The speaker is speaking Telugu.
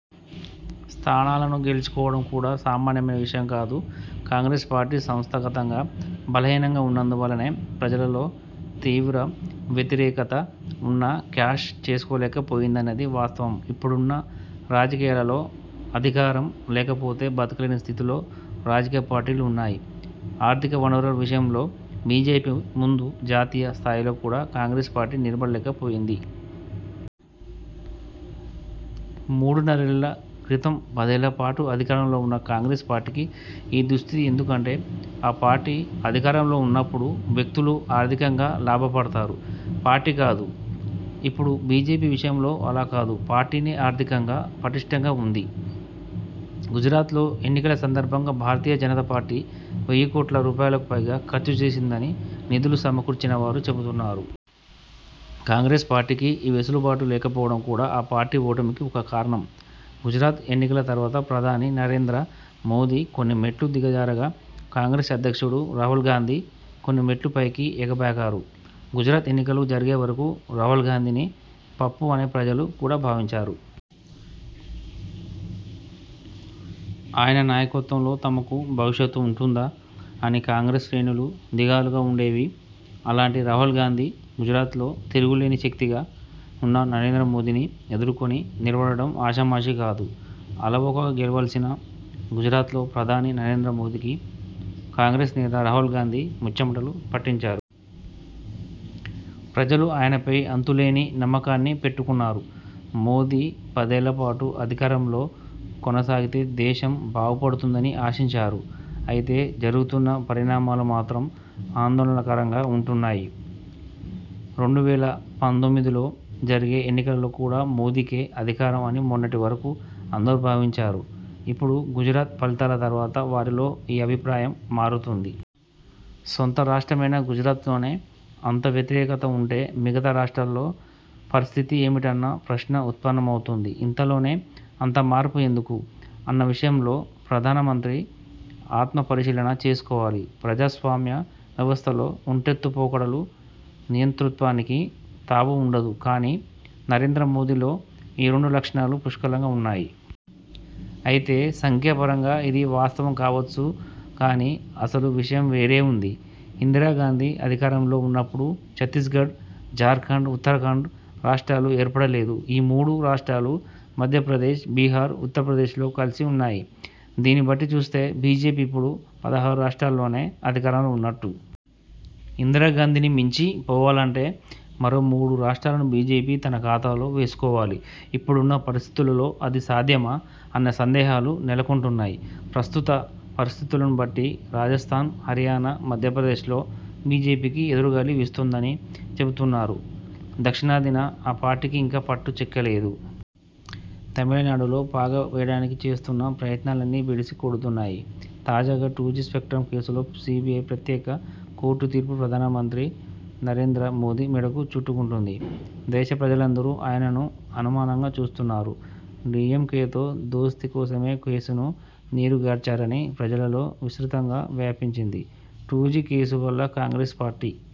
స్థానాలను గెల్చుకోవడం కూడా సామాన్యమైన విషయం కాదు. కాంగ్రెస్ పార్టీ సంస్థాగతంగా బలహీనంగా ఉన్నందు వల్లనే ప్రజలలో తీవ్ర వ్యతిరేకత ఉన్నా క్యాష్ చేసుకోలేక పోయిందన్నది వాస్తవం. ఇప్పుడున్న రాజకీయాలలో అధికారం లేకపోతే బతకలేని స్థితిలో రాజకీయ పార్టీలు ఉన్నాయి. ఆర్థిక వనరుల విషయంలో బీజేపీ ముందు జాతీయ స్థాయిలో కూడా కాంగ్రెస్ పార్టీ నిలబడలేక పోయింది. మూడున్నరేళ్ల క్రితం పదేళ్లపాటు అధికారంలో ఉన్న కాంగ్రెస్ పార్టీకి ఈ దుస్థితి ఎందుకంటే, ఆ పార్టీ అధికారంలో ఉన్నప్పుడు వ్యక్తులు ఆర్థికంగా లాభపడతారు. పార్టీ కాదు. ఇప్పుడు బీజేపీ విషయంలో అలా కాదు. పార్టీనే ఆర్థికంగా పటిష్ఠంగా ఉంది. గుజరాత్లో ఎన్నికల సందర్భంగా భారతీయ జనతా పార్టీ వెయ్యి కోట్ల రూపాయలకు పైగా ఖర్చు చేసిందని నిధులు సమకూర్చినవారు చెబుతున్నారు. కాంగ్రెస్ పార్టీకి ఈ వెసులుబాటు లేకపోవడం కూడా ఆ పార్టీ ఓటమికి ఒక కారణం. గుజరాత్ ఎన్నికల తర్వాత ప్రధాని నరేంద్ర మోదీ కొన్ని మెట్లు దిగజారగా, కాంగ్రెస్ అధ్యక్షుడు రాహుల్గాంధీ కొన్ని మెట్లు పైకి ఎగబాకారు. గుజరాత్ ఎన్నికలు జరిగే వరకు రాహుల్గాంధీని పప్పు అనే ప్రజలు కూడా భావించారు. ఆయన నాయకత్వంలో తమకు భవిష్యత్తు ఉంటుందా? అని కాంగ్రెస్ శ్రేణులు దిగాలుగా ఉండేవి. అలాంటి రాహుల్గాంధీ గుజరాత్లో తిరుగులేని శక్తిగా ఉన్న నరేంద్ర మోదీని ఎదుర్కొని నిలబడటం ఆషామాషీ కాదు. అలవోకగా గెలవవలసిన గుజరాత్లో ప్రధాని నరేంద్ర మోదీకి కాంగ్రెస్ నేత రాహుల్గాంధీ ముచ్చెమటలు పట్టించారు. ప్రజలు ఆయనపై అంతులేని నమ్మకాన్ని పెట్టుకున్నారు. మోదీ పదేళ్లపాటు అధికారంలో కొనసాగితే దేశం బాగుపడుతుందని ఆశించారు. అయితే జరుగుతున్న పరిణామాలు మాత్రం ఆందోళనకరంగా ఉంటున్నాయి. రెండు వేల పంతొమ్మిదిలో జరిగే ఎన్నికలలో కూడా మోదీకే అధికారం అని మొన్నటి వరకు అందరూ భావించారు. ఇప్పుడు గుజరాత్ ఫలితాల తర్వాత వారిలో ఈ అభిప్రాయం మారుతోంది. సొంత రాష్ట్రమైన గుజరాత్లోనే అంత వ్యతిరేకత ఉంటే మిగతా రాష్ర్టాలలో పరిస్థితి ఏమిటన్న ప్రశ్న ఉత్పన్నమవుతోంది. ఇంతలోనే అంత మార్పు ఎందుకు? అన్న విషయంలో ప్రధానమంత్రి ఆత్మ పరిశీలన చేసుకోవాలి. ప్రజాస్వామ్య వ్యవస్థలో ఒంటెత్తు పోకడలు, నియంతృత్వానికి తావు ఉండదు. కానీ నరేంద్ర మోదీలో ఈ రెండు లక్షణాలూ పుష్కలంగా ఉన్నాయి. అయితే సంఖ్యాపరంగా ఇది వాస్తవం కావచ్చు గానీ అసలు విషయం వేరే ఉంది. ఇందిరాగాంధీ అధికారంలో ఉన్నప్పుడు ఛత్తీస్గఢ్, జార్ఖండ్, ఉత్తరాఖండ్ రాష్ర్టాలు ఏర్పడలేదు. ఈ మూడు రాష్ర్టాలు మధ్యప్రదేశ్, బిహార్, ఉత్తరప్రదేశ్లో కలిసి ఉన్నాయి. దీన్నిబట్టి చూస్తే బీజేపీ ఇప్పుడు పదహారు రాష్ర్టాలలోనే అధికారంలో ఉన్నట్టు! ఇందిరాగాంధీని మించి పోవాలంటే మరో మూడు రాష్ర్టాలను బీజేపీ తన ఖాతాలో వేసుకోవాలి. ఇప్పుడున్న పరిస్థితులలో అది సాధ్యమా? అన్న సందేహాలు నెలకొంటున్నాయి. ప్రస్తుత పరిస్థితులను బట్టి రాజస్థాన్, హరియాణ, మధ్యప్రదేశ్లో బీజేపీకి ఎదురుగాలి వీస్తోందని చెబుతున్నారు. దక్షిణాదిన ఆ పార్టీకి ఇంకా పట్టు చిక్కలేదు. తమిళనాడులో పాగా వేయడానికి చేస్తున్న ప్రయత్నాలన్నీ బెడిసి కొడుతున్నాయి. తాజాగా టూ జీ స్పెక్ట్రమ్ కేసులో సీబీఐ ప్రత్యేక కోర్టు తీర్పు ప్రధానమంత్రి నరేంద్ర మోదీ మెడకు చుట్టుకుంటోంది. దేశ ప్రజలందరూ ఆయనను అనుమానంగా చూస్తున్నారు. డీఎంకేతో దోస్తీ కోసమే కేసును నీరుగార్చారని ప్రజలలో విస్తృతంగా వ్యాపించింది. టూ జీ కేసు వల్ల కాంగ్రెస్ పార్టీ